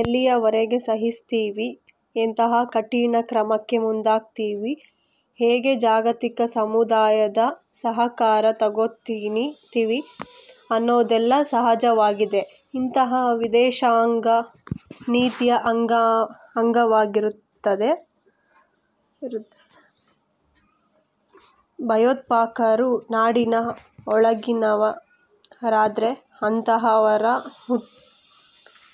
ಎಲ್ಲಿಯವರೆಗೆ ಸಹಿಸ್ತೀವಿ? ಎಂತಹ ಕಠಿಣ ಕ್ರಮಕ್ಕೆ ಮುಂದಾಗ್ತೀವಿ? ಹೇಗೆ ಜಾಗತಿಕ ಸಮುದಾಯದ ಸಹಕಾರ ತೊಗೋತೀವಿ? ಅನ್ನೋದೆಲ್ಲಾ ಸಹಜವಾಗೇ ಇಂತಹ ವಿದೇಶಾಂಗ ನೀತಿಯ ಅಂಗವಾಗಿರುತ್ತೆ. ಭಯೋತ್ಪಾದಕರು ನಾಡಿನ ಒಳಗಿನವರಾದ್ರೆ ಅಂತಹವರ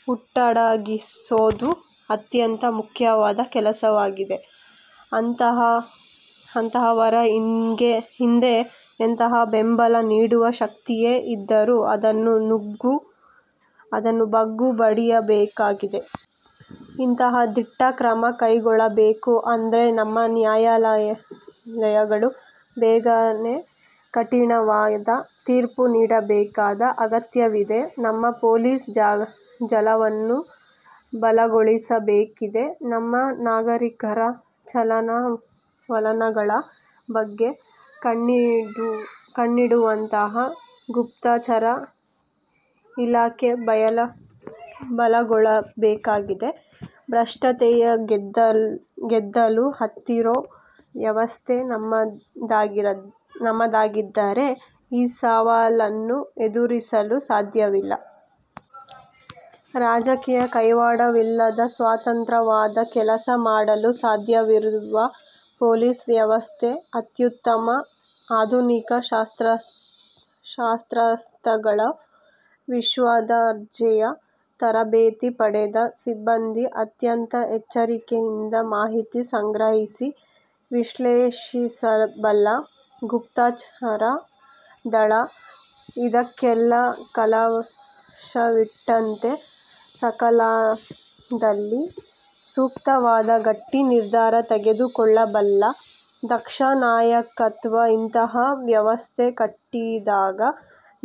ಹುಟ್ಟಡಗಿಸೋದು ಅತ್ಯಂತ ಮುಖ್ಯವಾದ ಕೆಲಸವಾಗಿದೆ. ಅಂತಹವರ ಹಿಂದೆ ಎಂತಹ ಬೆಂಬಲ ನೀಡುವ ಶಕ್ತಿಯೇ ಇದರೂ ಅದನ್ನು ಬಗ್ಗು ಬಡಿಯಬೇಕಾಗಿದೆ. ಇಂತಹ ದಿಟ್ಟಕ್ರಮ ಕೈಗೊಳ್ಳಬೇಕು ಅಂದ್ರೆ ನಮ್ಮ ನ್ಯಾಯಾಲಯಗಳು ಬೇಗನೆ ಕಠಿಣವಾದ ತೀರ್ಪು ನೀಡಬೇಕಾದ ಅಗತ್ಯವಿದೆ. ನಮ್ಮ ಪೊಲೀಸ್ ಜಾಲವನ್ನು ಬಲಗೊಳಿಸಬೇಕಿದೆ. ನಮ್ಮ ನಾಗರೀಕರ ಚಲನವಲನಗಳ ಬಗ್ಗೆ ಕಣ್ಣಿಡುವಂತಹ ಗುಪ್ತಚರ ಇಲಾಖೆ ಬಲಗೊಳ್ಳಬೇಕಾಗಿದೆ. ಭ್ರಷ್ಟತೆಯ ಗೆದ್ದಲು ಹತ್ತಿರೋ ವ್ಯವಸ್ಥೆ ನಮ್ಮದಾಗಿದ್ದರೆ ಈ ಸವಾಲನ್ನು ಎದುರಿಸಲು ಸಾಧ್ಯವೇ ಇಲ್ಲ. ರಾಜಕೀಯ ಕೈವಾಡವಿಲ್ಲದ, ಸ್ವತಂತ್ರವಾಗಿ ಕೆಲಸ ಮಾಡಲು ಸಾಧ್ಯವಿರುವ ಪೊಲೀಸ್ ವ್ಯವಸ್ಥೆ ಅತ್ಯುತ್ತಮ ಆಧುನಿಕ ಶಸ್ತ್ರಾಸ್ತ್ರಗಳು, ವಿಶ್ವದರ್ಜೆಯ ತರಬೇತಿ ಪಡೆದ ಸಿಬ್ಬಂದಿ, ಅತ್ಯಂತ ಎಚ್ಚರಿಕೆಯಿಂದ ಮಾಹಿತಿ ಸಂಗ್ರಹಿಸಿ ವಿಶ್ಲೇಷಿಸಬಲ್ಲ ಗುಪ್ತಚರ ದಳ, ಇದಕ್ಕೆಲ್ಲಾ ಕಲಶವಿಟ್ಟಂತೆ ಸಕಾಲದಲ್ಲಿ ಸೂಕ್ತವಾದ ಗಟ್ಟಿ ನಿರ್ಧಾರ ತೆಗೆದುಕೊಳ್ಳಬಲ್ಲ ದಕ್ಷ ನಾಯಕತ್ವ ಇಂತಹ ವ್ಯವಸ್ಥೆ ಕಟ್ಟಿದಾಗ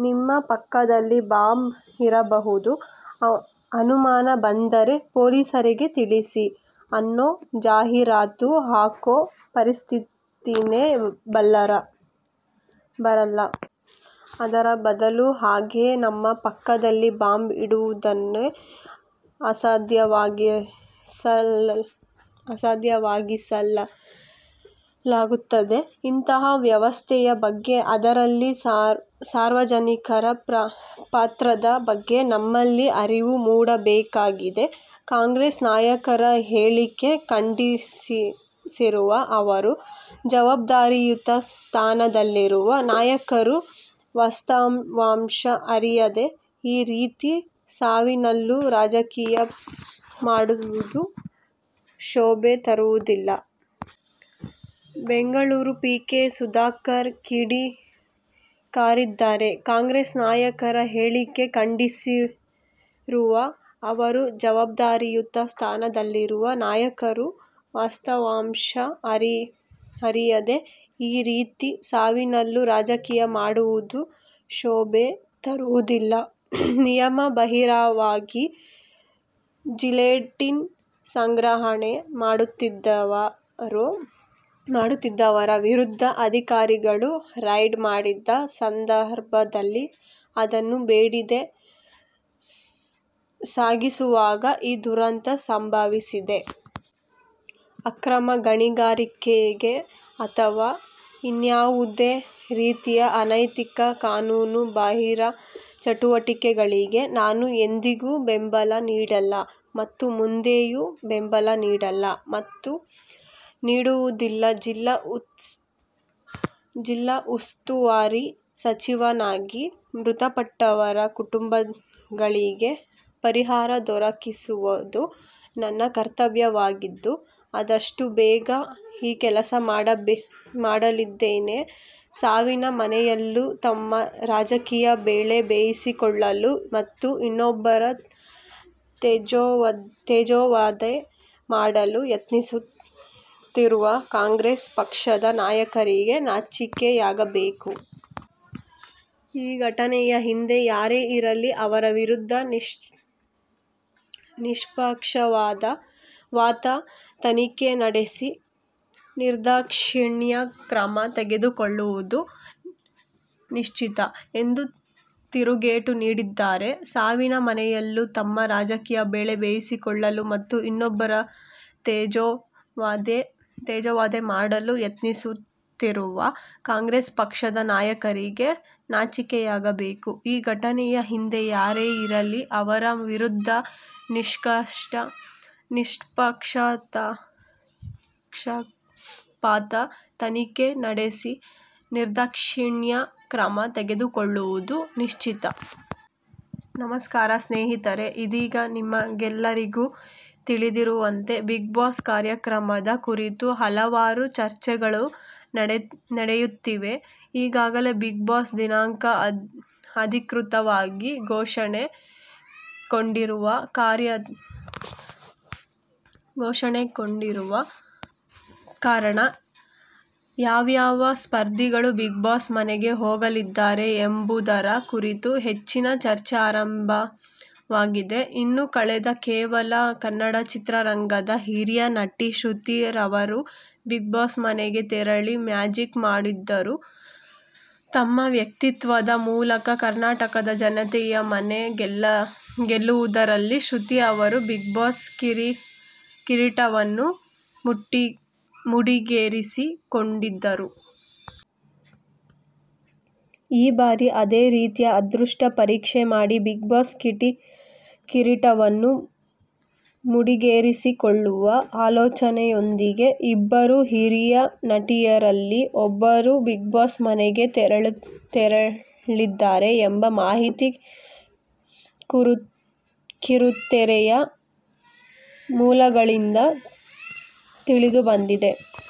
"ನಿಮ್ಮ ಪಕ್ಕದಲ್ಲಿ ಬಾಂಬ್ ಇರಬಹುದು, ಅನುಮಾನ ಬಂದರೆ ಪೊಲೀಸರಿಗೆ ತಿಳಿಸಿ" ಅನ್ನೋ ಜಾಹಿರಾತು ಹಾಕೋ ಪರಿಸ್ಥಿತೀನೆ ಬರಲ್ಲ. ಅದರ ಬದಲು ಹಾಗೆ ನಮ್ಮ ಪಕ್ಕದಲ್ಲಿ ಬಾಂಬ್ ಇಡುವುದನ್ನೇ ಅಸಾಧ್ಯವಾಗಿಸಲಾಗುತ್ತದೆ. ಇಂತಹ ವ್ಯವಸ್ಥೆಯ ಬಗ್ಗೆ, ಅದರಲ್ಲಿ ಸಾರ್ವಜನಿಕರ ಪಾತ್ರದ ಬಗ್ಗೆ ನಮ್ಮಲ್ಲಿ ಅರಿವು ಮೂಡಬೇಕಾಗಿದೆ. ಕಾಂಗ್ರೆಸ್ ನಾಯಕರ ಹೇಳಿಕೆ ಖಂಡಿಸಿರುವ ಅವರು, ಜವಾಬ್ದಾರಿಯುತ ಸ್ಥಾನದಲ್ಲಿರುವ ನಾಯಕರು ವಾಸ್ತವಾಂಶ ಅರಿಯದೆ ಈ ರೀತಿ ಸಾವಿನಲ್ಲೂ ರಾಜಕೀಯ ಮಾಡುವುದು ಶೋಭೆ ತರುವುದಿಲ್ಲ. ಬೆಂಗಳೂರು, ಫೆ. ಕೆ. ಸುಧಾಕರ್ ಕಿಡಿಕಾರಿದ್ದಾರೆ. ಕಾಂಗ್ರೆಸ್ ನಾಯಕರ ಹೇಳಿಕೆ ಖಂಡಿಸಿರುವ ಅವರು, ಜವಾಬ್ದಾರಿಯುತ ಸ್ಥಾನದಲ್ಲಿರುವ ನಾಯಕರು ವಾಸ್ತವಾಂಶ ಅರಿಯದೆ ಈ ರೀತಿ ಸಾವಿನಲ್ಲೂ ರಾಜಕೀಯ ಮಾಡುವುದು ಶೋಭೆ ತರುವುದಿಲ್ಲ. ನಿಯಮ ಬಾಹಿರವಾಗಿ ಜಿಲೆಟಿನ್ ಸಂಗ್ರಹಣೆ ಮಾಡುತ್ತಿದ್ದವರ ವಿರುದ್ಧ ಅಧಿಕಾರಿಗಳು ರೈಡ್ ಮಾಡಿದ್ದ ಸಂದರ್ಭದಲ್ಲಿ ಅದನ್ನು ಬೇರೆಡೆ ಸಾಗಿಸುವಾಗ ಈ ದುರಂತ ಸಂಭವಿಸಿದೆ. ಅಕ್ರಮ ಗಣಿಗಾರಿಕೆ ಅಥವಾ ಇನ್ಯಾವುದೇ ರೀತಿಯ ಅನೈತಿಕ, ಕಾನೂನು ಬಾಹಿರ ಚಟುವಟಿಕೆಗಳಿಗೆ ನಾನು ಎಂದಿಗೂ ಬೆಂಬಲ ನೀಡಿಲ್ಲ ಮತ್ತು ಮುಂದೆಯೂ ನೀಡುವುದಿಲ್ಲ. ಜಿಲ್ಲಾ ಉಸ್ತುವಾರಿ ಸಚಿವನಾಗಿ ಮೃತಪಟ್ಟವರ ಕುಟುಂಬಗಳಿಗೆ ಪರಿಹಾರ ದೊರಕಿಸುವುದು ನನ್ನ ಕರ್ತವ್ಯವಾಗಿದ್ದು ಆದಷ್ಟು ಬೇಗ ಈ ಕೆಲಸ ಮಾಡಲಿದ್ದೇನೆ. ಸಾವಿನ ಮನೆಯಲ್ಲೂ ತಮ್ಮ ರಾಜಕೀಯ ಬೇಳೆ ಬೇಯಿಸಿಕೊಳ್ಳಲು ಮತ್ತು ಇನ್ನೊಬ್ಬರ ತೇಜೋವಧೆ ಮಾಡಲು ಯತ್ನಿಸುತ್ತಿರುವ ಕಾಂಗ್ರೆಸ್ ಪಕ್ಷದ ನಾಯಕರಿಗೆ ನಾಚಿಕೆಯಾಗಬೇಕು. ಈ ಘಟನೆಯ ಹಿಂದೆ ಯಾರೇ ಇರಲಿ ಅವರ ವಿರುದ್ಧ ನಿಷ್ಪಕ್ಷಪಾತ ತನಿಖೆ ನಡೆಸಿ ನಿರ್ದಾಕ್ಷಿಣ್ಯ ಕ್ರಮ ತೆಗೆದುಕೊಳ್ಳುವುದು ನಿಶ್ಚಿತ ಎಂದು ತಿರುಗೇಟು ನೀಡಿದ್ದಾರೆ. ಸಾವಿನ ಮನೆಯಲ್ಲೂ ತಮ್ಮ ರಾಜಕೀಯ ಬೇಳೆ ಬೇಯಿಸಿಕೊಳ್ಳಲು ಮತ್ತು ಇನ್ನೊಬ್ಬರ ತೇಜೋವಧೆ ಮಾಡಲು ಯತ್ನಿಸುತ್ತಿರುವ ಕಾಂಗ್ರೆಸ್ ಪಕ್ಷದ ನಾಯಕರಿಗೆ ನಾಚಿಕೆಯಾಗಬೇಕು. ಈ ಘಟನೆಯ ಹಿಂದೆ ಯಾರೇ ಇರಲಿ ಅವರ ವಿರುದ್ಧ ನಿಷ್ಪಕ್ಷಪಾತ ತನಿಖೆ ನಡೆಸಿ ನಿರ್ದಾಕ್ಷಿಣ್ಯ ಕ್ರಮ ತೆಗೆದುಕೊಳ್ಳುವುದು ನಿಶ್ಚಿತ. ನಮಸ್ಕಾರ ಸ್ನೇಹಿತರೇ ಇದೀಗ ನಿಮಗೆಲ್ಲರಿಗೂ ತಿಳಿದಿರುವಂತೆ ಬಿಗ್ ಬಾಸ್ ಕಾರ್ಯಕ್ರಮದ ಕುರಿತು ಹಲವಾರು ಚರ್ಚೆಗಳು ನಡೆಯುತ್ತಿವೆ. ಈಗಾಗಲೇ ಬಿಗ್ ಬಾಸ್ ದಿನಾಂಕ ಅಧಿಕೃತವಾಗಿ ಘೋಷಣೆ ಕೊಂಡಿರುವ ಕಾರಣ ಯಾವ್ಯಾವ ಸ್ಪರ್ಧಿಗಳು ಬಿಗ್ ಬಾಸ್ ಮನೆಗೆ ಹೋಗಲಿದ್ದಾರೆ ಎಂಬುದರ ಕುರಿತು ಹೆಚ್ಚಿನ ಚರ್ಚೆ ಆರಂಭವಾಗಿದೆ. ಇನ್ನು ಕಳೆದ ಕೆಲವು ಕನ್ನಡ ಚಿತ್ರರಂಗದ ಹಿರಿಯ ನಟಿ ಶ್ರುತಿ ರವರು ಬಿಗ್ ಬಾಸ್ ಮನೆಗೆ ತೆರಳಿ ಮ್ಯಾಜಿಕ್ ಮಾಡಿದರು ತಮ್ಮ ವ್ಯಕ್ತಿತ್ವದ ಮೂಲಕ ಕರ್ನಾಟಕದ ಜನತೆಯ ಮನೆ ಗೆಲ್ಲುವುದರಲ್ಲಿ ಶೃತಿ ರವರು ಬಿಗ್ ಬಾಸ್ ಕಿರೀಟವನ್ನು ಮುಡಿಗೇರಿಸಿ ಕೊಂಡಿದ್ದರು. ಈ ಬಾರಿ ಅದೇ ರೀತಿಯ ಅದೃಷ್ಟ ಪರೀಕ್ಷೆ ಮಾಡಿ ಬಿಗ್ ಬಾಸ್ ಕಿರೀಟವನ್ನು ಮುಡಿಗೇರಿಸಿಕೊಳ್ಳುವ ಆಲೋಚನೆಯೊಂದಿಗೆ ಇಬ್ಬರು ಹಿರಿಯ ನಟಿಯರಲ್ಲಿ ಒಬ್ಬರು ಬಿಗ್ ಬಾಸ್ ಮನೆಗೆ ತೆರಳಿದ್ದಾರೆ ಎಂಬ ಮಾಹಿತಿ ಕಿರುತೆರೆಯ ಮೂಲಗಳಿಂದ ತಿಳಿದುಬಂದಿದೆ.